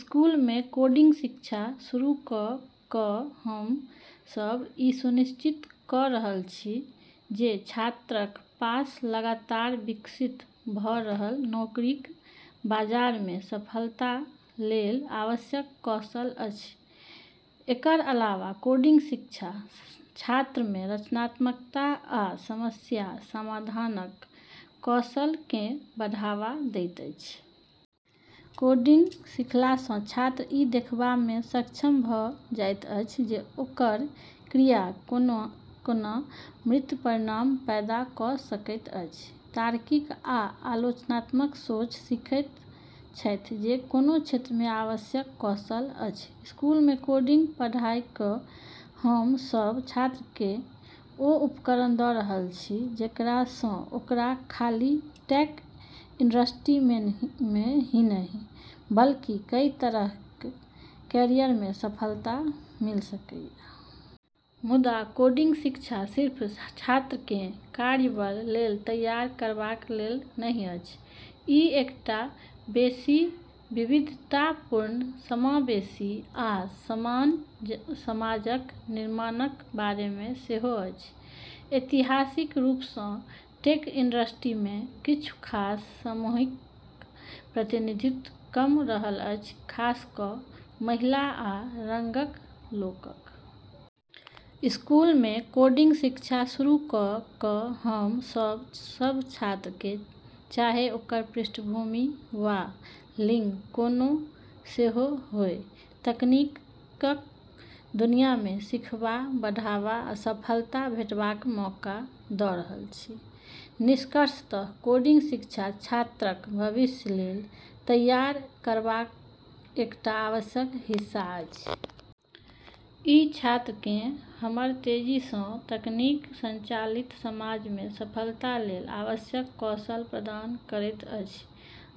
स्कूलमे कोडिंग शिक्षा शुरू क’ क’ हम सभ ई सुनिश्चित क’ रहल छी जे छात्रक पास लगातार विकसित भ’ रहल नौकरीक बाजारमे सफलता लेल आवश्यक कौशल अछि। एकर अलावा कोडिंग शिक्षा छात्रमे रचनात्मकता आ समस्याक समाधानक कौशलकेँ बढ़ावा दैत अछि। कोडिंग सीखला सँ छात्र ई देखबामे सक्षम भ’ जाइत अछि जे ओकर क्रिया कोना मूर्त परिणाम पैदा क’ सकैत अछि। तार्किक आ आलोचनात्मक सोच सीखैत छथि जे कोनो क्षेत्रमे आवश्यक कौशल अछि। स्कूलमे कोडिंग पढ़ाय क’ हम सभ छात्रकेँ ओ उपकरण द’ रहल छी जेकरा सँ ओकरा खाली टेक इंडस्ट्रीमे ही नहि, बल्कि कई तरहक कैरियरमे सफलता मिलि सकय। मुदा कोडिंग शिक्षा सिर्फ छात्रकेँ कार्यबल लेल तैयार करबाक लेल नहि अछि। ई एकटा बेसि विविधतापूर्ण, समावेशी, आ समान समाजक निर्माणक बारेमे सेहो अछि। ऐतिहासिक रूप सँ टेक इंडस्ट्रीमे किछु खास समूहक प्रतिनिधित्व कम रहल अछि, खास क’ क’ महिला आ रंगक लोकक। स्कूलमे कोडिंग शिक्षा शुरू क’ क’ हम सभ सभ छात्रकेँ, चाहे ओकर पृष्ठभूमि वा लिंग कोनो सेहो होय, तकनीकक दुनियामे सीखबा, बढ़बा आ सफलता भेटबाक मौका द’ रहल छी। निष्कर्षतः कोडिंग शिक्षा छात्रक भविष्य लेल तैयार करबाक एकटा आवश्यक हिस्सा अछि। ई छात्रकेँ हमर तेजी सँ तकनीक संचालित समाजमे सफलता लेल आवश्यक कौशल प्रदान करैत अछि,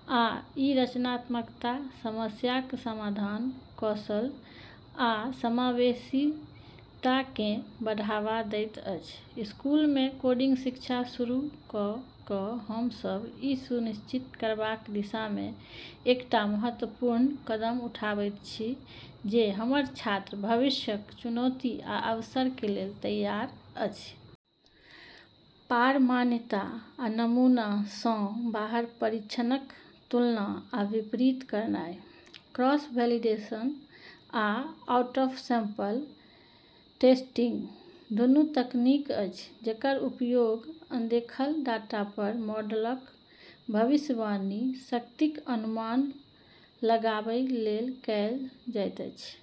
आ ई रचनात्मकता, समस्याक समाधानक कौशल, आ समावेशीताकेँ बढ़ावा दैत अछि। स्कूलमे कोडिंग शिक्षा शुरू क’ क’ हम सभ ई सुनिश्चित करबाक दिशामे एकटा महत्वपूर्ण कदम उठाबैत छी जे हमर छात्र भविष्यक चुनौती आ अवसर लेल तैयार अछि। पार-मान्यता आ नमूना सँ बाहर परीक्षणक तुलना आ विपरीत करनाइ। क्रॉस-वैलिडेशन आ आउट-ऑफ-सैंपल टेस्टिंग दुनू तकनीक अछि जेकर उपयोग अनदेखल डाटा पर मॉडलक भविष्यवाणी शक्तिक अनुमान लगाबै लेल कएल जाइत अछि।